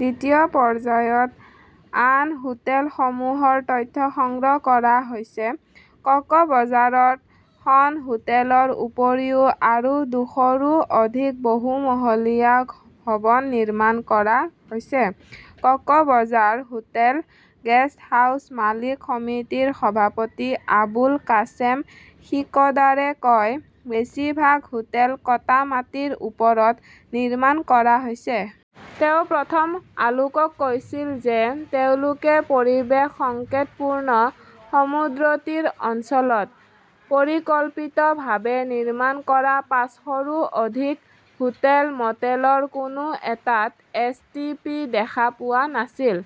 দ্বিতীয় পৰ্যায়ত আন হোটেলসমূহৰ তথ্য সংগ্ৰহ কৰা হৈছে। ককবাজাৰত খন হোটেলৰ উপৰিও আৰু দুশৰো অধিক বহুমহলীয়া ভৱন নিৰ্মাণ কৰা হৈছে, ককবাজাৰ হোটেল, গেষ্টহাউছ মালিক সমিতিৰ সভাপতি আবুল কাশেম সিকদাৰে কয়। বেছিভাগ হোটেল কটা মাটিৰ ওপৰত নিৰ্মাণ কৰা হৈছে। তেওঁ প্ৰথম আলোকক কৈছিল যে, তেওঁলোকে পৰিৱেশ সংকেটপূৰ্ণ সমুদ্ৰতীৰ অঞ্চলত পৰিকল্পিতভাৱে নিৰ্মাণ কৰা পাঁচশৰো অধিক হোটেল, ম'টেলৰ কোনো এটাত এছ. টি. পি. দেখা পোৱা নাছিল।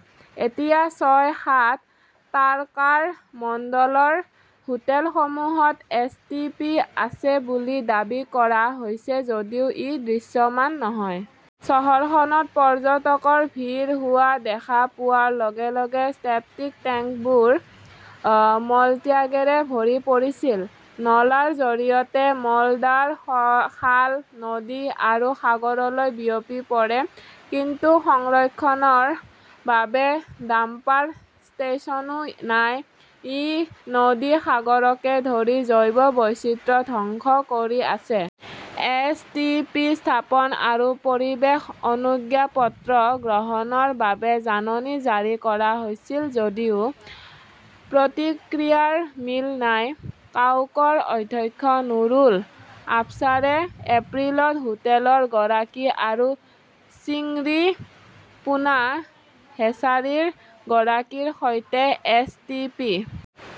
এতিয়া ছয়-সাত তাৰকাৰ মন্দলৰ হোটেলসমূহত এছ. টি. পি. আছে বুলি দাবী কৰা হৈছে যদিও ই দৃশ্যমান নহয়। চহৰখনত পৰ্যটকৰ ভিৰ হোৱা দেখা পোৱাৰ লগে লগে চেপ্টিক টেংকবোৰ মলত্যাগৰে ভৰি পৰিছিল। নলাৰ জৰিয়তে মলদ্বাৰ খাল, নদী আৰু সাগৰলৈ বিয়পি পৰে। কিন্তু সংৰক্ষণৰ বাবে ডাম্পাৰ ষ্টেচনো নাই। ই নদী-সাগৰকে ধৰি জৈৱ বৈচিত্ৰ্য ধ্বংস কৰি আছে। এছ. টি. পি. স্থাপন আৰু পৰিৱেশ অনুজ্ঞাপত্ৰ গ্ৰহণৰ বাবে জাননী জাৰি কৰা হৈছিল যদিও প্ৰতিক্ৰিয়াৰ মিল নাই। কাউকৰ অধ্যক্ষ নুৰুল আবছাৰে এপ্ৰিলত হোটেলৰ গৰাকী আৰু চিংৰি পোনা হেচাৰীৰ গৰাকীৰ সৈতে এছ. টি. পি.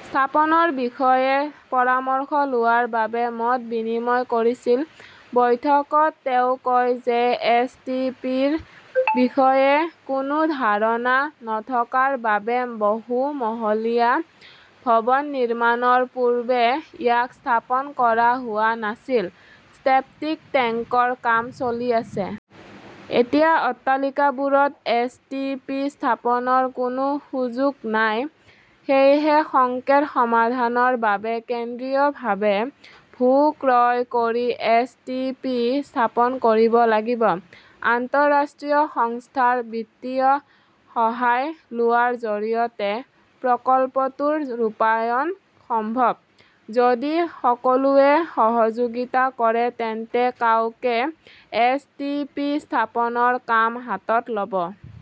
স্থাপনৰ বিষয়ে পৰামৰ্শ লোৱাৰ বাবে মত বিনিময় কৰিছিল। বৈঠকত তেওঁ কয় যে, এছ. টি. পি. ৰ বিষয়ে কোনো ধাৰণা নথকাৰ বাবে বহুমহলীয়া ভৱন নিৰ্মাণৰ পূৰ্বে ইয়াক স্থাপন কৰা হোৱা নাছিল। ছেপ্টিক টেংকৰ কাম চলি আছে। এতিয়া অট্টালিকাবোৰত এছ. টি. পি. স্থাপনৰ কোনো সুযোগ নাই। সেয়েহে, সংকেট সমাধানৰ বাবে কেন্দ্ৰীয়ভাৱে ভূ ক্ৰয় কৰি এছ. টি. পি. স্থাপন কৰিব লাগিব। আন্তঃৰাষ্ট্ৰীয় সংস্থাৰ বিত্তীয় সহায় লোৱাৰ জৰিয়তে প্ৰকল্পটোৰ ৰূপায়ণ সম্ভৱ। যদি সকলোৱে সহযোগিতা কৰে, তেন্তে কাউকে এছ. টি. পি. স্থাপনৰ কাম হাতত ল'ব।